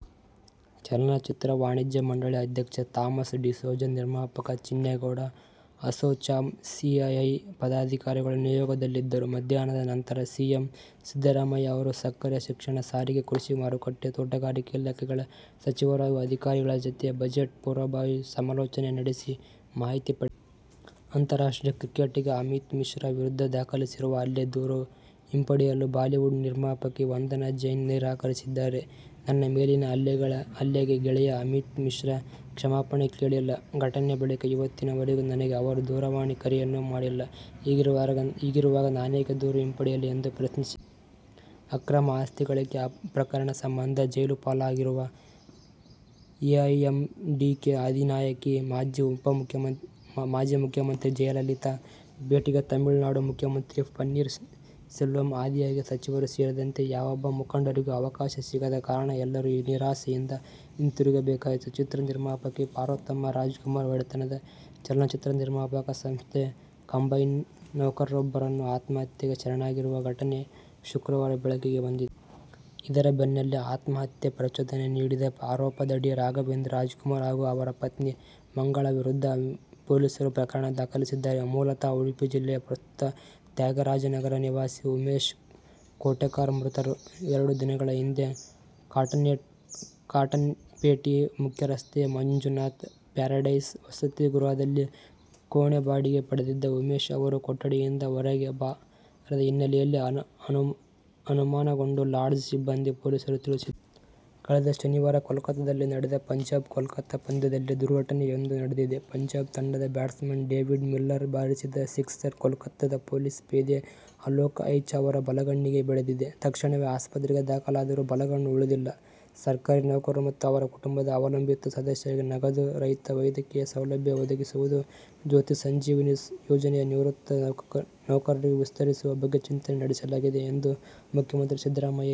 ಚಲನಚಿತ್ರ ವಾಣಿಜ್ಯ ಮಂಡಳಿ ಅಧ್ಯಕ್ಷ ಥಾಮಸ್ ಡಿಸೋಜ, ನಿರ್ಮಾಪಕ ಚಿನ್ನೇಗೌಡ, ಅಸೋಚಾಮ್, ಸಿಐಐ ಪದಾಧಿಕಾರಿಗಳು ನಿಯೋಗದಲ್ಲಿದ್ದರು. ಮಧ್ಯಾಹ್ನದ ನಂತರ ಸಿಎಂ ಸಿದ್ದರಾಮಯ್ಯ ಅವರು ಸಕ್ಕರೆ, ಶಿಕ್ಷಣ, ಸಾರಿಗೆ, ಕೃಷಿ ಮಾರುಕಟ್ಟೆ, ತೋಟಗಾರಿಕೆ ಇಲಾಖೆಗಳ ಸಚಿವರು ಹಾಗೂ ಅಧಿಕಾರಿಗಳ ಜತೆ ಬಜೆಟ್ ಪೂರ್ವಭಾವಿ ಸಮಾಲೋಚನೆ ನಡೆಸಿ ಮಾಹಿತಿ ಪಡೆದರು. ಅಂತಾರಾಷ್ಟ್ರೀಯ ಕ್ರಿಕೆಟಿಗ ಅಮಿತ್ ಮಿಶ್ರಾ ವಿರುದ್ಧ ದಾಖಲಿಸಿರುವ ಹಲ್ಲೆ ದೂರು ಹಿಂಪಡೆಯಲು ಬಾಲಿವುಡ್ ನಿರ್ಮಾಪಕಿ ವಂದನಾ ಜೈನ್ ನಿರಾಕರಿಸಿದ್ದಾರೆ. ನನ್ನ ಮೇಲಿನ ಹಲ್ಲೆಗೆ ಗೆಳೆಯ ಅಮಿತ್ ಮಿಶ್ರಾ ಕ್ಷಮಾಪಣೆ ಕೇಳಿಲ್ಲ. ಘಟನೆ ಬಳಿಕ ಇವತ್ತಿನವರೆಗೆ ನನಗೆ ಅವರು ದೂರವಾಣಿ ಕರೆಯನ್ನೂ ಮಾಡಿಲ್ಲ. ಹೀಗಿರುವಾಗ ನಾನೇಕೆ ದೂರು ಹಿಂಪಡಿಯಲಿ ಎಂದು ಪ್ರಶ್ನಿಸಿದ್ದಾರೆ. ಅಕ್ರಮ ಆಸ್ತಿ ಗಳಿಕೆ ಪ್ರಕರಣ ಸಂಬಂಧ ಜೈಲುಪಾಲಾಗಿರುವ ಎಐಎಎಂಡಿಕೆ ಅಧಿನಾಯಕಿ, ಮಾಜಿ ಮುಖ್ಯಮಂತ್ರಿ ಜಯಲಲಿತಾ ಭೇಟಿಗೆ ತಮಿಳುನಾಡು ಮುಖ್ಯಮಂತ್ರಿ ಪನ್ನೀರ್ ಸೆಲ್ವಂ ಆದಿಯಾಗಿ ಸಚಿವರು ಸೇರಿದಂತೆ ಯಾವೊಬ್ಬ ಮುಖಂಡರಿಗೂ ಅವಕಾಶ ಸಿಗದ ಕಾರಣ ಎಲ್ಲರೂ ನಿರಾಶೆಯಿಂದ ಹಿಂತಿರುಗಬೇಕಾಯಿತು. ಚಿತ್ರ ನಿರ್ಮಾಪಕಿ ಪಾರ್ವತಮ್ಮ ರಾಜ್ಕುಮಾರ್ ಒಡೆತನದ ಚಲನಚಿತ್ರ ನಿರ್ಮಾಣ ಸಂಸ್ಥೆ ಕಂಬೈನ್ಸ್ನ ನೌಕರರೊಬ್ಬರು ಆತ್ಮಹತ್ಯೆಗೆ ಶರಣಾಗಿರುವ ಘಟನೆ ಶುಕ್ರವಾರ ಬೆಳಕಿಗೆ ಬಂದಿದೆ. ಇದರ ಬೆನ್ನಲ್ಲೇ ಆತ್ಮಹತ್ಯೆಗೆ ಪ್ರಚೋದನೆ ನೀಡಿದ ಆರೋಪದಡಿ ರಾಘವೇಂದ್ರ ರಾಜ್ಕುಮಾರ್ ಹಾಗೂ ಅವರ ಪತ್ನಿ ಮಂಗಳಾ ವಿರುದ್ಧ ಪೊಲೀಸರು ಪ್ರಕರಣ ದಾಖಲಿಸಿದ್ದಾರೆ. ಮೂಲತಃ ಉಡುಪಿ ಜಿಲ್ಲೆಯ, ಪ್ರಸ್ತುತ ತ್ಯಾಗರಾಜನಗರ ನಿವಾಸಿ ಉಮೇಶ್ ಕೋಟೆಕಾರ್ ಮೃತರು. ಎರಡು ದಿನಗಳ ಹಿಂದೆ ಕಾಟನ್ಪೇಟೆ ಮುಖ್ಯರಸ್ತೆಯ ಮಂಜುನಾಥ್ ಪ್ಯಾರಡೈಸ್ ವಸತಿ ಗೃಹದಲ್ಲಿ ಕೋಣೆ ಬಾಡಿಗೆ ಪಡೆದಿದ್ದ ಉಮೇಶ್ ಅವರು, ಕೊಠಡಿಯಿಂದ ಹೊರಗೆ ಬಾರದ ಹಿನ್ನೆಲೆಯಲ್ಲಿ ಅನುಮಾನಗೊಂಡು ಲಾಡ್ಜ್ ಸಿಬ್ಬಂದಿ ಪೊಲೀಸರಿಗೆ ತಿಳಿಸಿದ್ದರು. ಕಳೆದ ಶನಿವಾರ ಕೋಲ್ಕತಾದಲ್ಲಿ ನಡೆದ ಪಂಜಾಬ್-ಕೋಲ್ಕತಾ ಪಂದ್ಯದಲ್ಲಿ ದುರ್ಘಟನೆಯೊಂದು ನಡೆದಿದೆ. ಪಂಜಾಬ್ ತಂಡದ ಬ್ಯಾಟ್ಸ್ಮನ್ ಡೇವಿಡ್ ಮಿಲ್ಲರ್ ಬಾರಿಸಿದ ಸಿಕ್ಸರ್ ಕೋಲ್ಕತಾದ ಪೊಲೀಸ್ ಪೇದೆ ಅಲೋಕ್ ಐಚ್ ಅವರ ಬಲಗಣ್ಣಿಗೆ ಬಡಿದಿದೆ. ತಕ್ಷಣವೇ ಆಸ್ಪತ್ರೆಗೆ ದಾಖಲಾದರೂ ಬಲಗಣ್ಣು ಉಳಿದಿಲ್ಲ. ಸರ್ಕಾರಿ ನೌಕರರು ಮತ್ತು ಅವರ ಕುಟುಂಬದ ಅವಲಂಬಿತ ಸದಸ್ಯರಿಗೆ ನಗದು ರಹಿತ ವೈದ್ಯಕೀಯ ಸೌಲಭ್ಯ ಒದಗಿಸುವ "ಜ್ಯೋತಿ ಸಂಜೀವಿನಿ ಯೋಜನೆಯನ್ನು ನಿವೃತ್ತ ನೌಕರರಿಗೂ ವಿಸ್ತರಿಸುವ ಬಗ್ಗೆ ಚಿಂತನೆ ನಡೆಸಲಾಗಿದೆ ಎಂದು ಮುಖ್ಯಮಂತ್ರಿ ಸಿದ್ದರಾಮಯ್ಯ ಹೇಳಿದ್ದಾರೆ.